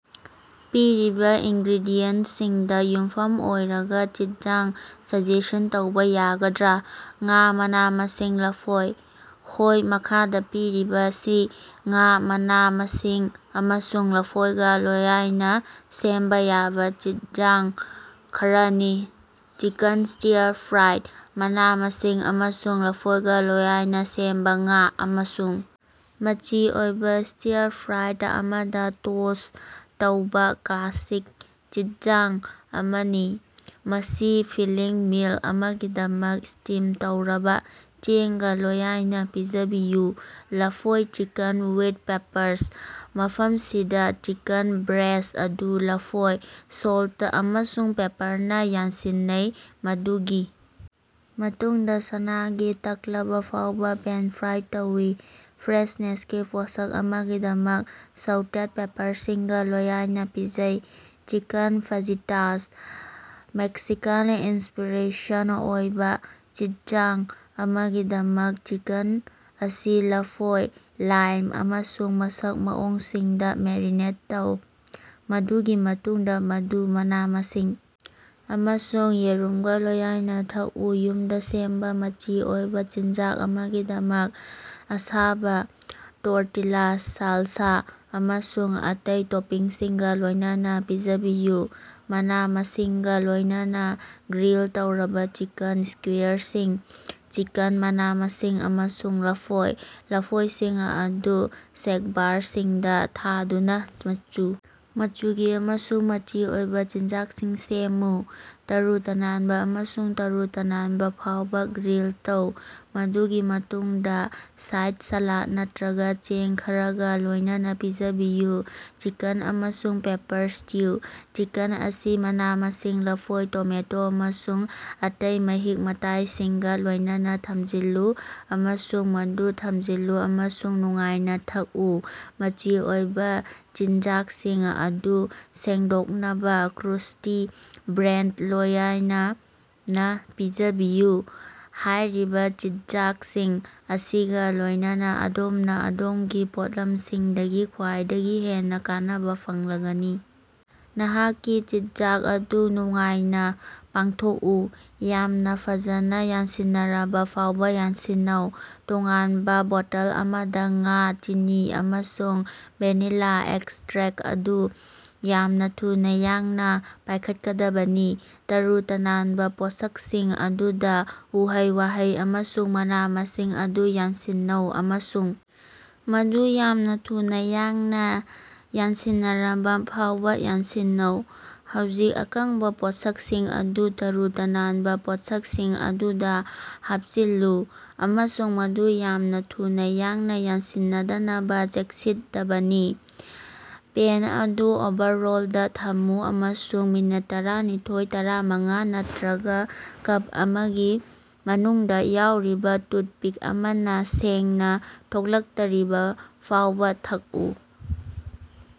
ꯄꯤꯔꯤꯕꯥ ꯏꯟꯒ꯭ꯔꯤꯗꯤꯌꯦꯟꯇꯁꯤꯡꯗꯥ ꯌꯨꯝꯐꯝ ꯑꯣꯏꯔꯒꯥ ꯆꯤꯠꯖꯥꯡ ꯁꯖꯦꯁ꯭ꯟ ꯇꯧꯕꯥ ꯌꯥꯒꯗ꯭ꯔꯥ? ꯉꯥ, ꯃꯅꯥ-ꯃꯁꯤꯡ, ꯂꯐꯣꯏ꯫ ꯍꯣꯏ! ꯃꯈꯥꯗꯥ ꯄꯤꯔꯤꯕꯁꯤ ꯉꯥ, ꯃꯅꯥ-ꯃꯁꯤꯡ ꯑꯃꯁꯨꯡ ꯂꯐꯣꯏꯒꯥ ꯂꯣꯌꯏꯅꯥ ꯁꯦꯝꯕꯥ ꯌꯥꯕꯥ ꯆꯤꯠꯖꯥꯡ ꯈꯔꯅꯤ: ꯆꯤꯀꯟ ꯁ꯭ꯇꯤꯔ ꯐ꯭ꯔꯥꯏ: ꯃꯅꯥ-ꯃꯁꯤꯡ ꯑꯃꯁꯨꯡ ꯂꯐꯣꯏꯒꯥ ꯂꯣꯌꯏꯅꯥ ꯁꯦꯝꯕꯥ ꯉꯥ, ꯑꯃꯁꯨꯡ ꯃꯆꯤ ꯑꯣꯏꯕꯥ ꯁ꯭ꯇꯤꯔ ꯐ꯭ꯔꯥꯏ ꯑꯃꯗꯥ ꯇꯣꯁ ꯇꯧꯕꯥ ꯀ꯭ꯂꯥꯁꯤꯛ ꯆꯤꯠꯖꯥꯡ ꯑꯃꯅꯤ꯫ ꯃꯁꯤ ꯐꯤꯜꯂꯤꯡ ꯃꯤꯜ ꯑꯃꯒꯤꯗꯃꯛ ꯁ꯭ꯇꯤꯝ ꯇꯧꯔꯕꯥ ꯆꯦꯡꯒꯥ ꯂꯣꯌꯏꯅꯥ ꯄꯤꯖꯕꯤꯌꯨ꯫ ꯂꯐꯣꯏ ꯆꯤꯀꯟ ꯋꯤꯠ ꯄꯦꯄꯔꯁ: ꯃꯐꯝꯁꯤꯗꯥ, ꯆꯤꯀꯟ ꯕ꯭ꯔꯦꯁ꯭ꯠ ꯑꯗꯨ ꯂꯐꯣꯏ, ꯁꯣꯜꯇ ꯑꯃꯁꯨꯡ ꯄꯦꯄꯔꯅꯥ ꯌꯥꯟꯁꯤꯟꯅꯩ, ꯃꯗꯨꯒꯤ ꯃꯇꯨꯡꯗꯥ ꯁꯅꯥꯒꯤ ꯇꯛꯂꯕꯥ ꯐꯥꯎꯕꯥ ꯄꯦꯟ-ꯐ꯭ꯔꯥꯏ ꯇꯧꯏ꯫ ꯐ꯭ꯔꯦꯁꯅꯦꯁꯀꯤ ꯄꯣꯠꯁꯛ ꯑꯃꯒꯤꯗꯃꯛ ꯁꯧꯇꯦꯗ ꯄꯦꯄꯔꯁꯤꯡꯒꯥ ꯂꯣꯌꯏꯅꯥ ꯄꯤꯖꯩ꯫ ꯆꯤꯀꯟ ꯐꯥꯖꯤꯇꯥꯁ: ꯃꯦꯛꯁꯤꯀꯥꯟ ꯏꯝꯁ꯭ꯄꯤꯔꯦꯁꯟ ꯑꯣꯏꯕꯥ ꯆꯤꯠꯖꯥꯡ ꯑꯃꯒꯤꯗꯃꯛ, ꯆꯤꯀꯟ ꯑꯁꯤ ꯂꯐꯣꯏ, ꯂꯥꯏꯝ ꯑꯃꯁꯨꯡ ꯃꯁꯛ ꯃꯑꯣꯡꯁꯤꯡꯗꯥ ꯃꯦꯔꯤꯅꯦꯠ ꯇꯧ, ꯃꯗꯨꯒꯤ ꯃꯇꯨꯡꯗꯥ ꯃꯗꯨ ꯃꯅꯥ-ꯃꯁꯤꯡ ꯑꯃꯁꯨꯡ ꯌꯦꯔꯨꯝꯒꯥ ꯂꯣꯌꯏꯅꯥ ꯊꯛꯎ꯫ ꯌꯨꯝꯗꯥ ꯁꯦꯝꯕꯥ ꯃꯆꯤ ꯑꯣꯏꯕꯥ ꯆꯤꯟꯖꯥꯛ ꯑꯃꯒꯤꯗꯃꯛ ꯑꯁꯥꯕꯥ ꯇꯣꯔꯇꯤꯂꯥ, ꯁꯥꯂꯁꯥ ꯑꯃꯁꯨꯡ ꯑꯇꯩ ꯇꯣꯄꯤꯡꯁꯤꯡꯒꯥ ꯂꯣꯏꯅꯅꯥ ꯄꯤꯖꯕꯤꯌꯨ꯫ ꯃꯅꯥ-ꯃꯁꯤꯡꯒꯥ ꯂꯣꯏꯅꯅꯥ ꯒ꯭ꯔꯤꯜ ꯇꯧꯔꯕꯥ ꯆꯤꯀꯟ ꯁ꯭ꯀꯨꯌꯥꯔꯁꯤꯡ: ꯆꯤꯀꯟ, ꯃꯅꯥ-ꯃꯁꯤꯡ ꯑꯃꯁꯨꯡ ꯂꯐꯣꯏ ꯂꯐꯣꯏꯁꯤꯡ ꯑꯗꯨ ꯁ꯭ꯛꯕ꯭ꯌꯥꯔꯁꯤꯡꯗꯥ ꯊꯥꯗꯨꯅꯥ ꯃꯆꯨ ꯃꯆꯨꯒꯤ ꯑꯃꯁꯨꯡ ꯃꯆꯤ ꯑꯣꯏꯕꯥ ꯆꯤꯟꯖꯥꯛꯁꯤꯡ ꯁꯦꯝꯃꯨ꯫ ꯇꯔꯨ-ꯇꯅꯥꯟꯕꯥ ꯑꯃꯁꯨꯡ ꯇꯔꯨ-ꯇꯅꯥꯟꯕꯥ ꯐꯥꯎꯕꯥ ꯒ꯭ꯔꯤꯜ ꯇꯧ, ꯃꯗꯨꯒꯤ ꯃꯇꯨꯡꯗꯥ ꯁꯥꯏꯗ ꯁꯥꯂꯥꯗ ꯅꯠꯇꯔꯒꯥ ꯆꯦꯡ ꯈꯔꯒꯥ ꯂꯣꯏꯅꯅꯥ ꯄꯤꯖꯕꯤꯌꯨ꯫ ꯆꯤꯀꯟ ꯑꯃꯁꯨꯡ ꯄꯦꯄꯔ ꯁ꯭ꯇꯨ: ꯆꯤꯀꯟ ꯑꯁꯤ ꯃꯅꯥ-ꯃꯁꯤꯡ, ꯂꯐꯣꯏ, ꯇꯣꯃꯦꯇꯣ, ꯑꯃꯁꯨꯡ ꯑꯇꯩ ꯃꯍꯤꯛ-ꯃꯇꯥꯏꯁꯤꯡꯒꯥ ꯂꯣꯏꯅꯅꯥ ꯊꯝꯖꯤꯜꯂꯨ ꯑꯃꯁꯨꯡ ꯃꯗꯨ ꯊꯝꯖꯤꯜꯂꯨ ꯑꯃꯁꯨꯡ ꯅꯨꯡꯉꯥꯏꯅꯥ ꯊꯛꯎ꯫ ꯃꯆꯤ ꯑꯣꯏꯕꯥ ꯆꯤꯟꯖꯥꯛꯁꯤꯡ ꯑꯗꯨ ꯁꯦꯡꯗꯣꯛꯅꯕꯥ ꯀ꯭ꯔꯨꯁ꯭ꯇꯤ ꯕ꯭ꯔꯦꯗꯀꯥ ꯂꯣꯌꯅꯅꯥ ꯄꯤꯖꯕꯤꯌꯨ꯫ ꯍꯥꯏꯔꯤꯕꯥ ꯆꯤꯠꯖꯥꯡꯁꯤꯡ ꯑꯁꯤꯒꯥ ꯂꯣꯏꯅꯅꯥ ꯑꯗꯣꯝꯅꯥ ꯑꯗꯣꯝꯒꯤ ꯄꯣꯠꯂꯝꯁꯤꯡꯗꯒꯤ ꯈ꯭ꯋꯥꯏꯗꯒꯤ ꯍꯦꯟꯅꯥ ꯀꯥꯟꯅꯕꯥ ꯐꯪꯂꯒꯅꯤ! ꯅꯍꯥꯛꯀꯤ ꯆꯤꯠꯖꯥꯛ ꯑꯗꯨ ꯅꯨꯡꯉꯥꯏꯅꯥ ꯄꯥꯡꯊꯣꯛꯎ! ꯫ ꯌꯥꯝꯅꯥ ꯐꯖꯅꯥ ꯌꯥꯟꯁꯤꯟꯅꯔꯕꯥ ꯐꯥꯎꯕꯥ ꯌꯥꯟꯁꯤꯟꯅꯧ꯫ ꯇꯣꯉꯥꯟꯕꯥ ꯕꯣꯇꯜ ꯑꯃꯗꯥ ꯉꯥ, ꯆꯤꯅꯤ ꯑꯃꯁꯨꯡ ꯚꯦꯅꯤꯂꯥ ꯑꯦꯛꯁꯇ꯭ꯔꯦꯛꯇ ꯑꯗꯨ ꯌꯥꯝꯅꯥ ꯊꯨꯅꯥ ꯌꯥꯡꯅꯥ ꯄꯥꯏꯈꯠꯀꯗꯕꯅꯤ꯫ ꯇꯔꯨ-ꯇꯅꯥꯟꯕꯥ ꯄꯣꯠꯁꯛꯁꯤꯡ ꯑꯗꯨꯗꯥ ꯎꯍꯩ-ꯋꯥꯍꯩ ꯑꯃꯁꯨꯡ ꯃꯅꯥ-ꯃꯁꯤꯡ ꯑꯗꯨ ꯌꯥꯟꯁꯤꯟꯅꯧ ꯑꯃꯁꯨꯡ ꯃꯗꯨ ꯌꯥꯝꯅꯥ ꯊꯨꯅꯥ ꯌꯥꯡꯅꯥ ꯌꯥꯟꯁꯤꯟꯅꯔꯕꯥ ꯐꯥꯎꯕꯥ ꯌꯥꯟꯁꯤꯟꯅꯧ꯫ ꯍꯧꯖꯤꯛ, ꯑꯀꯪꯕꯥ ꯄꯣꯠꯁꯛꯁꯤꯡ ꯑꯗꯨ ꯇꯔꯨ-ꯇꯅꯥꯟꯕꯥ ꯄꯣꯠꯁꯛꯁꯤꯡ ꯑꯗꯨꯗꯥ ꯍꯥꯞꯆꯤꯜꯂꯨ, ꯑꯃꯁꯨꯡ ꯃꯗꯨ ꯌꯥꯝꯅꯥ ꯊꯨꯅꯥ ꯌꯥꯡꯅꯥ ꯌꯥꯟꯁꯤꯟꯅꯗꯅꯕꯥ ꯆꯦꯛꯁꯤꯠꯗꯕꯅꯤ꯫ ꯄꯦꯟ ꯑꯗꯨ ꯑꯣꯚꯔꯑꯣꯂꯗꯥ ꯊꯝꯃꯨ ꯑꯃꯁꯨꯡ ꯃꯤꯅꯠꯇꯔꯥꯅꯤꯊ‌ꯣꯏ- ꯇꯔꯥꯃꯉꯥ ꯅꯠꯇꯔꯒꯥ ꯀꯞ ꯑꯃꯒꯤ ꯃꯅꯨꯡꯗꯥ ꯌꯥꯎꯔꯤꯕꯥ ꯇꯨꯟꯄꯤꯛ ꯑꯃꯅꯥ ꯁꯦꯡꯅꯥ ꯊꯣꯛꯂꯛꯇꯔꯤꯕ ꯐꯥꯎꯕꯥ ꯊꯛꯎ꯫